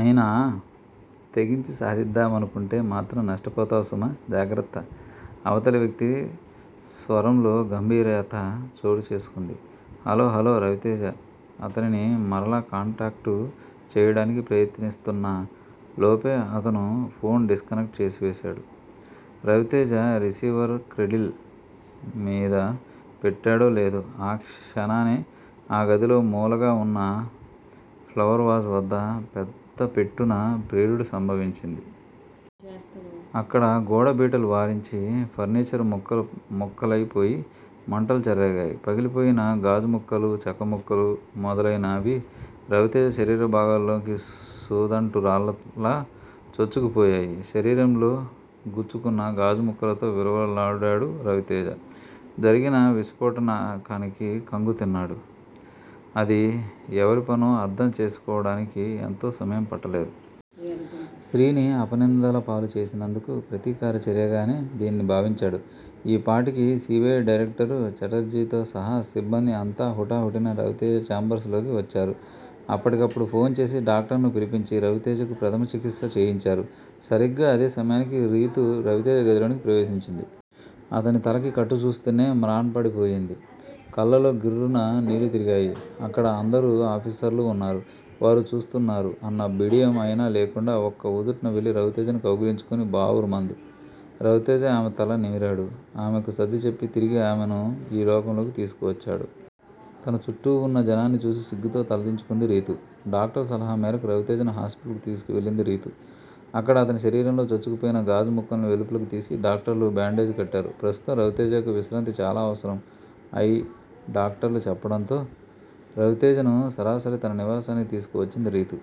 అయినా, తెగించి సాదిద్దామనుకుంటే మాత్రం నష్టపోతావు సుమా! జాగ్రత్త! అవతలి వ్యక్తి స్వరంలో గంభీర్యత చోటు చేసుకుంది. హలో హలో రవితేజ అతనిని మరల కాంటాక్టు చేయడానికి ప్రయత్నిస్తున్న లోపే అతను ఫోన్ డిస్కనెక్ట్ చేసివేశాడు. రవితేజ రిసీవర్ క్రెడిల్ మీద పెట్టాడో లేదో- ఆ క్షణానే ఆ గదిలో మూలగా వున్న ప్లవర్ వాజ్ వద్ద పెద్దపెట్టున ప్రేలుడు సంభవించింది. అక్కడ గోడ బీటలు వారించి. ఫర్నిచరు ముక్కలు ముక్కలయిపోయి మంటలు చెలరేగాయి. పగిలిపోయిన గాజు ముక్కలు, చెక్క ముక్కలు మొదలయినవిరవితేజ శరీర భాగాలలోకి సూదంటురాళ్ళలా చొచ్చుకుపోయాయి. శరీరంలో గుచ్చుకున్న గాజు ముక్కలతో విలవిలలాడాడు రవితేజ. జరిగిన విస్పోటన కానికి ఖంగుతిన్నాడు. అది ఎవరి పనో అర్ధం చేసికోవడానికి ఎంతో సమయం పట్టలేదు. శ్రీ ని అపనిందలపాలు చేసినందుకు ప్రతీకార చర్యగానే దీనిని భావించాడు. ఈపాటికి సి. బి. ఐ. డైరక్టరు ఛటర్జీతో సహా సిబ్బంది అంతా హుటాహుటిన రవితేజ చాంబర్స్ లోకి వచ్చారు. అప్పటికప్పుడు ఫోన్ చేసి డాక్టరును పిలిపించి రవితేజకు ప్రథమ చికిత్స చేయించారు. సరిగ్గా అదే సమయానికి రీతూ రవితేజ గదిలోకి ప్రవేశించింది. అతని తలకి కట్టు చూస్తూనే మ్రాన్పడిపోయింది. కళ్ళలో గిర్రున నీళ్ళు తిరిగాయి. అక్కడ అందరు ఆఫీసర్లూ వున్నారు, వారు చూస్తున్నారు అన్న బిడియం అయినా లేకుండా ఒక్క ఉదుటున వెళ్ళి రవితేజను కౌగిలించుకుని బావురుమంది. రవితేజ ఆమె తల నిమిరాడు. ఆమెకు సర్దిచెప్పి తిరిగి ఆమెను ఈ లోకంలోకి తీసుకువచ్చాడు. తన చుట్టూ వున్న జనాన్ని చూసి సిగ్గుతో తల దించుకుంది రీతు. డాక్టరు సలహా మేరకు రవితేజను హాస్పిటల్ కు తీసుకువెళ్ళింది రీతు. అక్కడ అతని శరీరంలో చొచ్చుకుపోయిన గాజు ముక్కలను వెలుపలకు తీసి డాక్టర్లు బ్యాండేజీ కట్టారు. ప్రస్తుతం రవితేజకు విశ్రాంతి చాలా అవసరం ఐ డాక్టర్లు చెప్పడంతో రవితేజను సరాసరి తన నివాసానికి తీసుకువచ్చింది రీతు.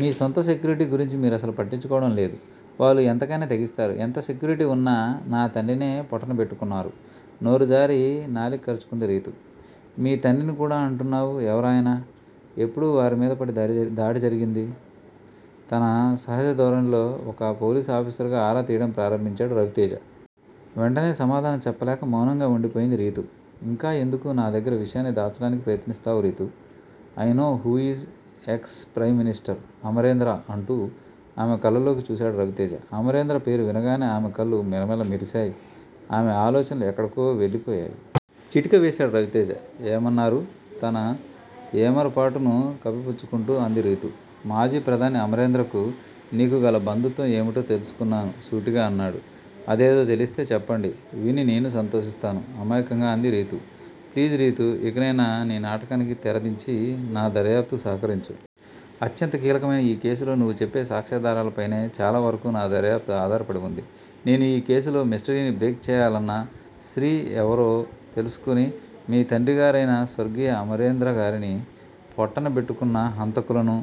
మీ సొంత సెక్యూరిటీ గురించి మీరసలు పట్టించుకోవడం లేదు. వాళ్ళు ఎంతకయినా తెగిస్తారు. ఎంత సెక్యూరిటీ వున్న నా తండ్రినే పొట్టన పెట్టుకున్నారు నోరు జారి నాలిక్కరచుకుంది రీతు. మీ తండ్రిని కూడా అంటున్నావు, ఎవరాయన? ఎప్పుడు వారి మీద పడి దాడి జరిగి దాడి జరిగింది? తన సహజ ధోరణిలో ఒక పోలీసు ఆఫీసరుగా ఆరా తీయడం ప్రారంభించాడు రవితేజ. వెంటనే సమాధానం చెప్పలేక మౌనంగా వుండిపోయింది రీతు. ఇంకా ఎందుకు నా దగ్గర విషయాన్ని దాచడానికి ప్రయత్నిస్తావు Ritu? I know who is ex prime minister Amarendra అంటూ ఆమె కళ్ళలోకి చూశాడు రవితేజ. అమరేంద్ర పేరు వినగానే ఆమె కళ్ళు మిలమిల మెరిసాయి. ఆమె ఆలోచనలు ఎక్కడికో వెళ్ళిపోయాయి. చిటిక వేశాడు రవితేజ. ఆ ఏమన్నారు? తన ఏమరుపాటును కప్పిపుచ్చుకుంటూ అంది రీతు. మాజీ ప్రధాని అమరేంద్రకు. నీకు గల బంధుత్వం ఏమిటో తెలుసుకున్నాను సూటిగా అన్నాడు. అదేదో తెలిస్తే చెప్పండి, విని నేనూ సంతోషిస్తాను! అమాయకంగా అంది రీతు. ప్లీజ్, రీతూ! ఇకనైనా నీ నాటకానికి తెరదించి నా దర్యాప్తుకు సహకరించు. అత్యంత కీలకమైన ఈ కేసులో నువ్వు చెప్పే సాక్ష్యాధారాలపైనే చాలా వరకు నా దర్యాప్తు ఆధారపడి వుంది. నేను ఈ కేసులో మిష్టరీని బ్రేక్ చేయాలన్నా 'శ్రీ' ఎవరో తెలుసుకుని మీ తండ్రిగారయిన స్వర్గీయ అమరేంద్రగారిని పొట్టనపెట్టుకున్న హంతకులను